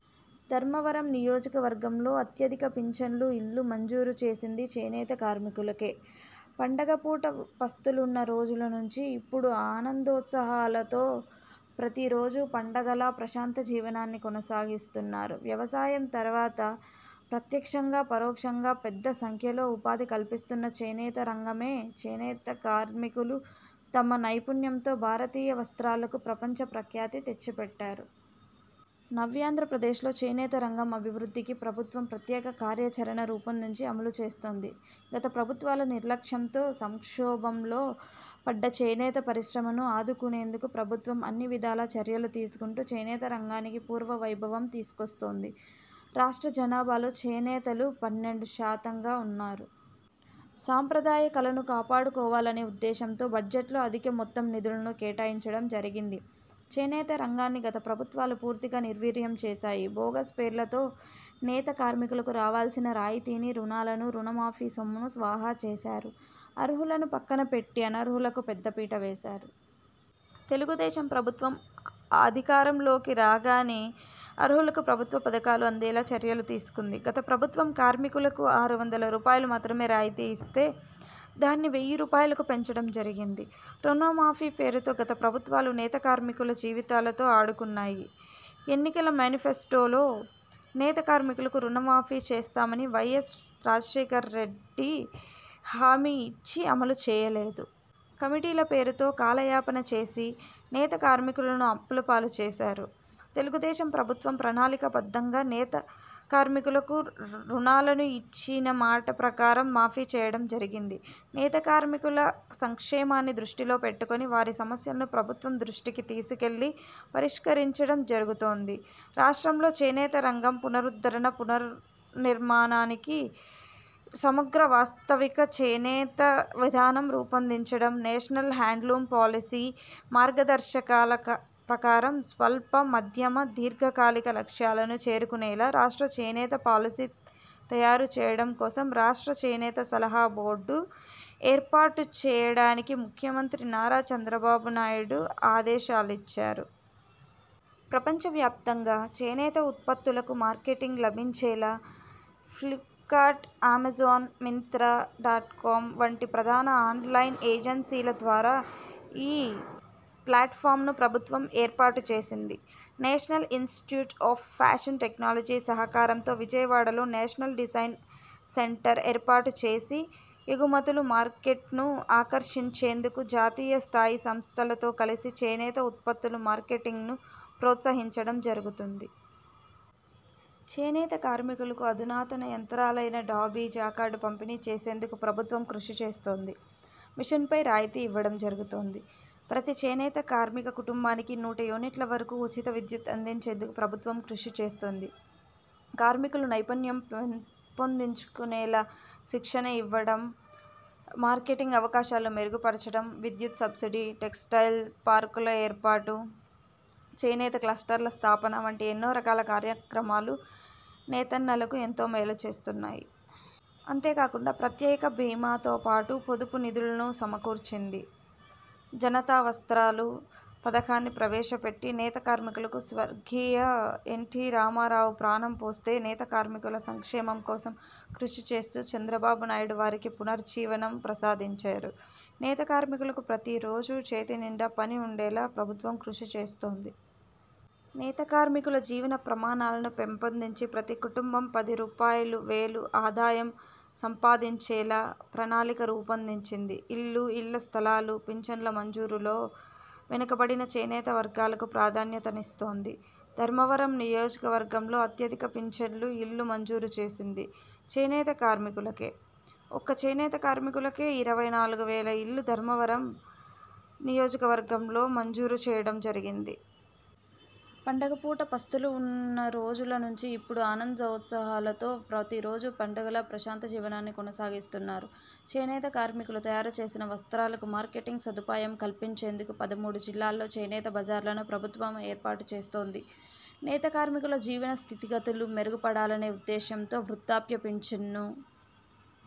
ధర్మవరం నియోజక వర్గంలో అత్యధిక పింఛన్లు, ఇళ్లు మంజూరు చేసింది చేనేత కార్మికులకే. పండగపూట పస్తులున్న రోజుల నుంచి ఇప్పుడు ఆనందోత్సాహాలతో ప్రతిరోజూ పండుగలా ప్రశాంత జీవనాన్ని కొనసాగిస్తున్నారు. వ్యవసాయం తరువాత ప్రత్యక్షంగా, పరోక్షంగా పెద్ద సంఖ్యలో ఉపాధి కల్పిస్తున్న చేనేత రంగమే. చేనేత కార్మికులు తమ నైపుణ్యంతో భారతీయ వస్త్రాలకు ప్రపంచ ప్రఖ్యాతి తెచ్చిపెట్టారు. నవ్యాంధ్రప్రదేశ్లో చేనేత రంగం అభివృద్ధికి ప్రభుత్వం ప్రత్యేక కార్యాచరణ రూపొందించి అమలు చేస్తోంది. గత ప్రభుత్వాల నిర్లక్ష్యంతో సంక్షోభంలో పడ్డ చేనేత పరిశ్రమను ఆదుకునేందుకు ప్రభుత్వం అన్నివిధాలా చర్యలు తీసుకుంటూ చేనేత రంగానికి పూర్వ వైభవం తీసుకొస్తోంది. రాష్ట్ర జనాభాలో చేనేతలు పన్నెండు శాతంగా ఉన్నారు. సాంప్రదాయ కళను కాపాడుకోవాలనే ఉద్దేశంతో బడ్జెట్లో అధిక మొత్తం నిధులను కేటాయించడం జరిగింది. చేనేత రంగాన్ని గత ప్రభుత్వాలు పూర్తిగా నిర్వీర్యం చేశాయి. బోగస్ పేర్లతో నేత కార్మికులకు రావాల్సిన రాయితీని, రుణాలను, రుణమాఫీ సొమ్మును స్వాహా చేశారు. అర్హులను పక్కన పెట్టి అనర్హులకు పెద్దపీట వేశారు. తెలుగుదేశం ప్రభుత్వం అధికారంలోకి రాగానే అర్హులకు ప్రభుత్వ పథకాలు అందేలా చర్యలు తీసుకుంది. గత ప్రభుత్వం కార్మికులకు ఆరు వందల రూపాయలుమాత్రమే రాయితీ ఇస్తే దాన్ని వెయ్యి రూపాయలకు పెంచడం జరిగింది. రుణమాఫీ పేరుతో గత ప్రభుత్వాలు నేత కార్మికుల జీవితాలతో ఆడుకున్నాయి. ఎన్నికల మేనిఫెస్టోలో నేత కార్మికులకు రుణమాఫీ చేస్తామని వైయస్ రాజశేఖర్రెడ్డి హామీ ఇచ్చి అమలు చేయలేదు. కమిటీల పేరుతో కాలయాపన చేసి నేత కార్మికులను అప్పులపాలు చేశారు. తెలుగుదేశం ప్రభుత్వం ప్రణాళికాబద్ధంగా నేత కార్మికులకు రుణాలను ఇచ్చిన మాట ప్రకారం మాఫీ చేయడం జరిగింది. నేత కార్మికుల సంక్షేమాన్ని దృష్టిలో పెట్టుకొని వారి సమస్యలను ప్రభుత్వం దృష్టికి తీసుకెళ్లి పరిష్కరించడం జరుగుతోంది. రాష్ట్రంలో చేనేత రంగం పునరుద్ధరణ, పునర్నిర్మాణానికి సమగ్ర వాస్తవిక చేనేత విధానం రూపొందించడం, నేషనల్ హ్యాండ్లూమ్ పాలసీ మార్గదర్శకాలక ప్రకారం స్వల్ప, మధ్యమ, దీర్ఘకాలిక లక్ష్యాలను చేరుకునేలా రాష్ట్ర చేనేత పాలసీ తయారుచేయడం కోసం 'రాష్ట్ర చేనేత సలహా బోర్డు' ఏర్పాటు చేయడానికి ముఖ్యమంత్రి నారా చంద్రబాబు నాయుడు ఆదేశాలిచ్చారు. ప్రపంచ వ్యాప్తంగా చేనేత ఉత్పత్తులకు మార్కెటింగ్ లభించేలా ఫ్లిప్కార్ట్, అమెజాన్, మింత్రా డాట్కామ్ వంటి ప్రధాన ఆన్లైన్ ఏజెన్సీల ద్వారా ఈ ఫ్లాట్ఫామ్ను ప్రభుత్వం ఏర్పాటు చేసింది. National institute of fashion technology సహకారంతో విజయవాడలో నేషనల్ డిజైన్ సెంటర్ ఏర్పాటు చేసి ఎగుమతులు మార్కెట్ను ఆకర్షించేందుకు జాతీయ స్థాయి సంస్థలతో కలిసి చేనేత ఉత్పత్తులు మార్కెటింగ్ను ప్రోత్సహించడం జరుగుతుంది. చేనేత కార్మికులకు అధునాతన యంత్రాలైన డాబీ, జాకార్డు పంపిణీ చేసేందుకు ప్రభుత్వం కృషిచేస్తోంది. మిషన్పై రాయితీ ఇవ్వడం జరుగుతోంది. ప్రతి చేనేత కార్మిక కుటుంబానికి నూట యూనిట్ల వరకు ఉచిత విద్యుత్ అందించేందుకు ప్రభుత్వం కృషిచేస్తోంది. కార్మికులు నైపుణ్యం పెంపొందించుకునేలా శిక్షణ ఇవ్వడం, మార్కెటింగ్ అవకాశాలు మెరుగుపరచడం, విద్యుత్ సబ్సిడీ, టెక్స్టైల్ పార్కుల ఏర్పాటు, చేనేత క్లస్టర్ల స్థాపన వంటి ఎన్నో కార్యక్రమాలు నేతన్నలకు ఎంతో మేలు చేస్తున్నాయి. అంతేకాకుండా ప్రత్యేక బీమాతో పాటు పొదుపు నిధులను సమకూర్చింది. జనతా వస్త్రాలు పథకాన్ని ప్రవేశపెట్టి నేత కార్మికులకు స్వర్గీయ ఎన్టీ రామారావు ప్రాణం పోస్తే, నేత కార్మికుల సంక్షేమం కోసం కృషి చేస్తూ చంద్రబాబునాయుడు వారికి పునర్జీవనం ప్రసాదించారు. నేత కార్మికులకు ప్రతిరోజు చేతినిండా పని ఉండేలా ప్రభుత్వం కృషి చేస్తోంది. నేత కార్మికుల జీవన ప్రమాణాలను పెంపొందించి ప్రతి కుటుంబం పది రూపాయలువేలు ఆదాయం సంపాదించేలా ప్రణాళిక రూపొందించింది. ఇల్లు, ఇళ్ల స్థలాలు, పింఛన్ల మంజూరులో వెనుకబడిన చేనేత వర్గాలకు ప్రాధాన్యతనిస్తోంది. ధర్మవరం నియోజకవర్గంలో అత్యధిక పింఛన్లు, ఇళ్లు మంజూరు చేసింది చేనేత కార్మికులకే. ఒక్క చేనేత కార్మికులకే ఇరవై నాలుగువేల ఇళ్లు ధర్మవరం నియోజకవర్గంలో మంజూరు చేయడం జరిగింది. పండగపూట పస్తులు ఉన్న రోజుల నుంచి ఇప్పుడు ఆనందోత్సాహాలతో ప్రతిరోజూ పండుగలా ప్రశాంత జీవనాన్ని కొనసాగిస్తున్నారు. చేనేత కార్మికులు తయారుచేసిన వస్త్రాలకు మార్కెటింగ్ సదుపాయం కల్పించేందుకు పదమూడు జిల్లాల్లో చేనేత బజార్లను ప్రభుత్వం ఏర్పాటు చేస్తోంది. నేత కార్మికుల జీవన స్థితిగతులు మెరుగుపడాలనే ఉద్దేశ్యంతో వృద్ధాప్య పింఛన్ను